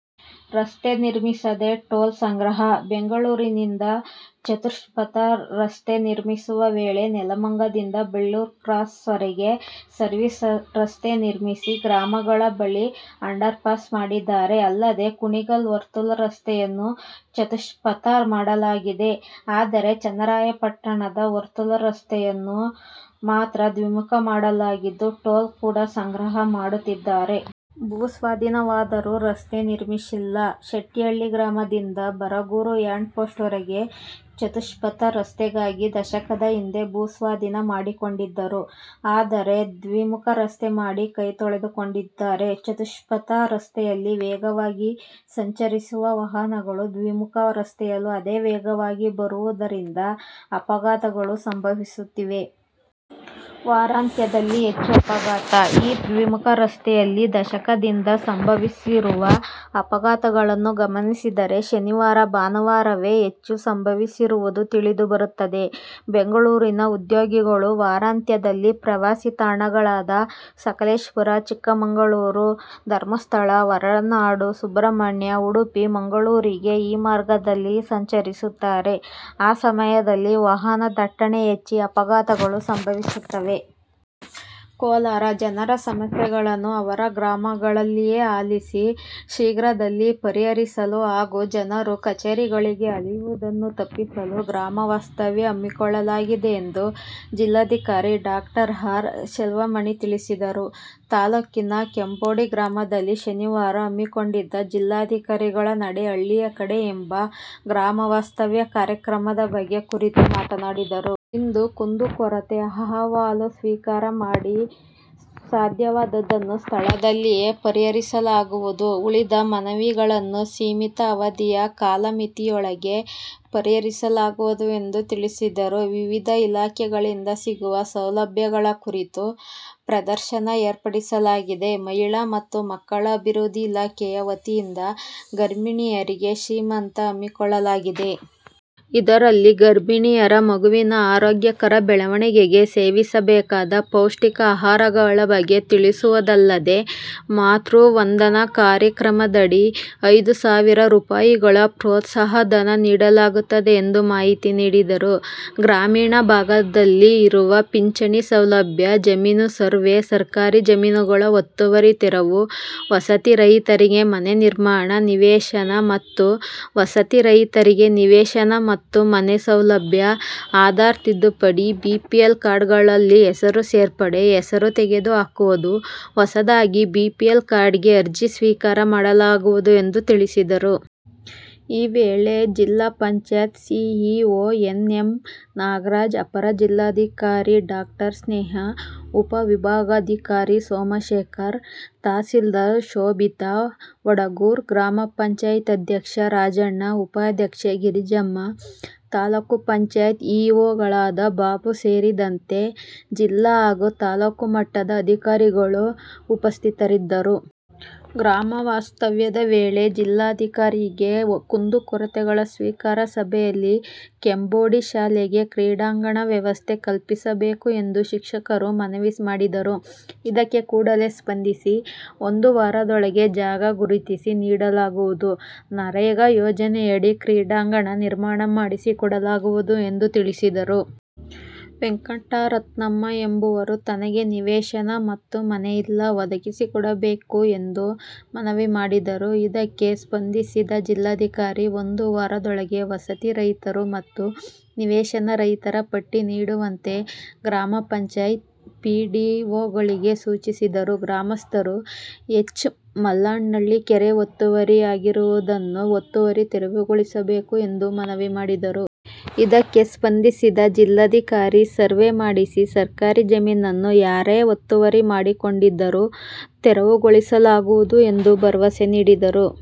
ರಸ್ತೆ ನಿರ್ಮಿಸದೆ ಟೋಲ್ ಸಂಗ್ರಹ: ಬೆಂಗಳೂರಿನಿಂದ ಚತುಷ್ಪಥ ರಸ್ತೆ ನಿರ್ಮಿಸುವ ವೇಳೆ ನೆಲಮಂಗಲದಿಂದ ಬೆಳ್ಳೂರು ಕ್ರಾಸ್ವರೆಗೆ ಸರ್ವಿಸ್ ರಸ್ತೆ ನಿರ್ಮಿಸಿ, ಗ್ರಾಮಗಳ ಬಳಿ ಅಂಡರ್ಪಾಸ್ ಮಾಡಿದ್ದಾರೆ. ಅಲ್ಲದೆ, ಕುಣಿಗಲ್ ವರ್ತುಲ ರಸ್ತೆಯನ್ನು ಚತುಷ್ಪಥ ಮಾಡಲಾಗಿದೆ. ಆದರೆ, ಚನ್ನರಾಯಪಟ್ಟಣ ವರ್ತುಲ ರಸ್ತೆಯನ್ನು ಮಾತ್ರ ದ್ವಿಮುಖ ಮಾಡಲಾಗಿದ್ದು, ಟೋಲ್ ಕೂಡ ಸಂಗ್ರಹ ಮಾಡುತ್ತಿದ್ದಾರೆ. ಭೂ ಸ್ವಾಧೀನವಾದ್ರೂ ರಸ್ತೆ ನಿರ್ಮಿಸಿಲ್ಲ: ಶೆಟ್ಟಿಹಳ್ಳಿ ಗ್ರಾಮದಿಂದ ಬರಗೂರು ಹ್ಯಾಂಡ್ ಪೋಸ್ಟ್ ವರೆಗೆ ಚತುಷ್ಪಥ ರಸ್ತೆಗಾಗಿ ದಶಕದ ಹಿಂದೆ ಭೂಸ್ವಾಧೀನ ಮಾಡಿಕೊಂಡಿದ್ದರು. ಆದರೆ, ದ್ವಿಮುಖ ರಸ್ತೆ ಮಾಡಿ ಕೈತೊಳೆದು ಕೊಂಡಿದ್ದಾರೆ. ಚತುಷ್ಪಥ ರಸ್ತೆಯಲ್ಲಿ ವೇಗವಾಗಿ ಸಂಚರಿಸುವ ವಾಹನಗಳು ದ್ವಿಮುಖ ರಸ್ತೆಯಲ್ಲೂ ಅದೇ ವೇಗವಾಗಿ ಬರುವುದರಿಂದ ಅಪಘಾತಗಳು ಸಂಭವಿಸುತ್ತಿವೆ. ವಾರಾಂತ್ಯದಲ್ಲಿ ಹೆಚ್ಚು ಅಪಘಾತ: ಈ ದ್ವಿಮುಖ ರಸ್ತೆಯಲ್ಲಿ ದಶಕದಿಂದ ಸಂಭವಿಸಿರುವ ಅಪಘಾತ ಗಳನ್ನು ಗಮನಿಸಿದರೆ ಶನಿವಾರ-ಭಾನುವಾರವೇ ಹೆಚ್ಚು ಸಂಭವಿಸಿರುವುದು ತಿಳಿದು ಬರುತ್ತದೆ. ಬೆಂಗಳೂರಿನ ಉದ್ಯೋಗಿಗಳು ವಾರಾಂತ್ಯದಲ್ಲಿ ಪ್ರವಾಸಿ ತಾಣಗಳಾದ ಸಕಲೇಶಪುರ, ಚಿಕ್ಕಮಗಳೂರು, ಧರ್ಮಸ್ಥಳ, ಹೊರನಾಡು, ಸುಬ್ರಹ್ಮಣ್ಯ, ಉಡುಪಿ, ಮಂಗಳೂರಿಗೆ ಈ ಮಾರ್ಗದಲ್ಲಿ ಸಂಚರಿಸುತ್ತಾರೆ. ಆ ಸಮಯದಲ್ಲಿ ವಾಹನ ದಟ್ಟಣೆ ಹೆಚ್ಚಿ ಅಪಘಾತಗಳು ಸಂಭವಿಸುತ್ತವೆ. ಕೋಲಾರ: ಜನರ ಸಮಸ್ಯೆಗಳನ್ನು ಅವರ ಗ್ರಾಮಗಳ ಲ್ಲಿಯೇ ಆಲಿಸಿ ಶೀಘ್ರದಲ್ಲಿ ಪರಿಹರಿಸಲು ಹಾಗೂ ಜನರು ಕಚೇರಿಗಳಿಗೆ ಅಲೆಯುವುದನ್ನು ತಪ್ಪಿಸಲು ಗ್ರಾಮ ವಾಸ್ತವ್ಯ ಹಮ್ಮಿಕೊಳ್ಳಲಾಗಿದೆ ಎಂದು ಜಿಲ್ಲಾ ಧಿಕಾರಿ ಡಾ. ಆರ್. ಸೆಲ್ವಮಣಿ ತಿಳಿಸಿದರು. ತಾಲೂಕಿನ ಕೆಂಬೋಡಿ ಗ್ರಾಮದಲ್ಲಿ ಶನಿವಾರ ಹಮ್ಮಿ ಕೊಂಡಿದ್ದ "ಜಿಲ್ಲಾಧಿಕಾರಿಗಳ ನಡೆ ಹಳ್ಳಿಯ ಕಡೆ' ಎಂಬ ಗ್ರಾಮ ವಾಸ್ತವ್ಯ ಕಾರ್ಯ ಕ್ರಮದ ಕುರಿತು ಮಾತನಾಡಿದರು. ಇಂದೂ ಕುಂದು ಕೊರತೆ ಅಹವಾಲು ಸ್ವೀಕಾರ ಮಾಡಿ ಸಾಧ್ಯವಾದದ್ದನ್ನು ಸ್ಥಳದಲ್ಲಿಯೇ ಪರಿಹರಿಸಲಾಗುವುದು. ಉಳಿದ ಮನವಿಗಳನ್ನು ಸೀಮಿತ ಅವಧಿಯ ಕಾಲಮಿತಿಯೊಳಗೆ ಪರಿಹರಿಸಲಾಗುವುದು ಎಂದು ತಿಳಿಸಿದರು. ವಿವಿಧ ಇಲಾಖೆಗಳಿಂದ ಸಿಗುವ ಸೌಲಭ್ಯಗಳ ಕುರಿತು ಪ್ರದರ್ಶನ ಏರ್ಪಡಿಸಲಾಗಿದೆ. ಮಹಿಳಾ ಮತ್ತು ಮಕ್ಕಳ ಅಭಿವೃದ್ಧಿ ಇಲಾಖೆಯ ವತಿಯಿಂದ ಗರ್ಭಿಣಿಯರಿಗೆ ಸೀಮಂತ ಹಮ್ಮಿಕೊಳ್ಳಲಾಗಿದೆ. ಇದರಲ್ಲಿ ಗರ್ಭಿಣಿಯರ ಮಗುವಿನ ಆರೋಗ್ಯಕರ ಬೆಳವಣಿಗೆಗೆ ಸೇವಿಸಬೇಕಾದ ಪೌಷ್ಟಿಕ ಆಹಾರಗಳ ಬಗ್ಗೆ ತಿಳಿಸುವುದಲ್ಲದೆ, ಮಾತೃ ವಂದನಾ ಕಾರ್ಯಕ್ರಮದಡಿ ಐದು ಸಾವಿರ ರೂಪಾಯಿಗಳ ಪ್ರೋತ್ಸಾಹ ಧನ ನೀಡಲಾಗುತ್ತದೆ ಎಂದು ಮಾಹಿತಿ ನೀಡಿದರು. ಗ್ರಾಮೀಣ ಭಾಗದಲ್ಲಿ ಇರುವ ಪಿಂಚಣಿ ಸೌಲಭ್ಯ, ಜಮೀನು ಸರ್ವೇ, ಸರ್ಕಾರಿ ಜಮೀನು ಗಳ ಒತ್ತುವರಿ ತೆರವು, ವಸತಿ ರಹಿತರಿಗೆ ಮನೆ ನಿರ್ಮಾಣ, ನಿವೇಶನ ಮತ್ತು ವಸತಿ ರಹಿತರಿಗೆ ನಿವೇಶನ ಮತ್ತು ಮನೆ ಸೌಲಭ್ಯ, ಆಧಾರ್ ತಿದ್ದುಪಡಿ, ಬಿಪಿಎಲ್ ಕಾರ್ಡ್ ಗಳಲ್ಲಿ ಹೆಸರು ಸೇರ್ಪಡೆ, ಹೆಸರು ತೆಗೆದು ಹಾಕುವುದು, ಹೊಸದಾಗಿ ಬಿಪಿಎಲ್ ಕಾರ್ಡ್ಗೆ ಅರ್ಜಿ ಸ್ವೀಕಾರ ಮಾಡಲಾಗುವುದು ಎಂದು ತಿಳಿಸಿದರು. ಈ ವೇಳೆ ಜಿಪಂ C E O N. M. Nagaraj, ಅಪರ ಜಿಲ್ಲಾ ಧಿಕಾರಿ ಡಾಕ್ಟರ್. ಸ್ನೇಹಾ, ಉಪ ವಿಭಾಗಾಧಿಕಾರಿ ಸೋಮಶೇಖರ್, ತಹಶೀಲ್ದಾರ್ ಶೋಭಿತಾ, ವಡಗೂರು ಗ್ರಾಮ ಪಂಚಾಯತ್ ಅಧ್ಯಕ್ಷ ರಾಜಣ್ಣ, ಉಪಾಧ್ಯಕ್ಷೆ ಗಿರಿಜಮ್ಮ, ತಾಲ್ಲೂಕು ಪಂಚಾಯತ್ ಇ ಒ ಗಳಾದ ಬಾಬು ಸೇರಿದಂತೆ ಜಿಲ್ಲಾ ಹಾಗೂ ತಾಲೂಕು ಮಟ್ಟದ ಅಧಿಕಾರಿಗಳು ಉಪಸ್ಥಿತರಿದ್ದರು. ಗ್ರಾಮ ವಾಸ್ತವ್ಯದ ವೇಳೆ ಜಿಲ್ಲಾಧಿಕಾರಿಗೆ ಕುಂದು ಕೊರತೆಗಳ ಸ್ವೀಕಾರ ಸಭೆಯಲ್ಲಿ ಕೆಂಬೋಡಿ ಶಾಲೆಗೆ ಕ್ರೀಡಾಂಗಣ ವ್ಯವಸ್ಥೆ ಕಲ್ಪಿಸಬೇಕು ಎಂದು ಶಿಕ್ಷಕರು ಮನವಿ ಮಾಡಿದರು. ಇದಕ್ಕೆ ಕೂಡಲೇ ಸ್ಪಂದಿಸಿ ಒಂದು ವಾರದೊಳಗೆ ಜಾಗ ಗುರುತಿಸಿ ನೀಡಲಾಗುವುದು. ನರೇಗಾ ಯೋಜನೆಯಡಿ ಕ್ರೀಡಾಂಗಣ ನಿರ್ಮಾಣ ಮಾಡಿಸಿ ಕೊಡಲಾಗುವುದು ಎಂದು ತಿಳಿಸಿದರು. ವೆಂಕಟರತ್ನಮ್ಮ ಎಂಬವರು ತನಗೆ ನಿವೇಶನ ಮತ್ತು ಮನೆ ಇಲ್ಲ ಒದಗಿಸಿಕೊಡಬೇಕು ಎಂದು ಮನವಿ ಮಾಡಿದರು. ಇದಕ್ಕೆ ಸ್ಪಂದಿಸಿದ ಜಿಲ್ಲಾಧಿಕಾರಿ, ಒಂದು ವಾರದೊಳಗೆ ವಸತಿ ರಹಿತರು ಮತ್ತು ನಿವೇಶನ ರಹಿತರ ಪಟ್ಟಿ ನೀಡುವಂತೆ ಗ್ರಾಮ ಪಂಚಾಯತ್ ಪಿ ಡಿ ಒಗಳಿಗೆ ಸೂಚಿಸಿದರು. ಗ್ರಾಮಸ್ಥರು ಎಚ್. ಮಲ್ಲಾಂಡಹಳ್ಳಿ ಕೆರೆ ಒತ್ತುವರಿ ಆಗಿರುವುದನ್ನು ಒತ್ತುವರಿ ತೆರವುಗೊಳಿಸಬೇಕು ಎಂದು ಮನವಿ ಮಾಡಿದರು. ಇದಕ್ಕೆ ಸ್ಪಂದಿಸಿದ ಜಿಲ್ಲಾಧಿಕಾರಿ, ಸರ್ವೇ ಮಾಡಿಸಿ ಸರ್ಕಾರಿ ಜಮೀನನ್ನು ಯಾರೇ ಒತ್ತುವರಿ ಮಾಡಿಕೊಂಡಿದ್ದರೂ ತೆರವುಗೊಳಿ ಸಲಾಗುವುದು ಎಂದು ಭರವಸೆ ನೀಡಿದರು.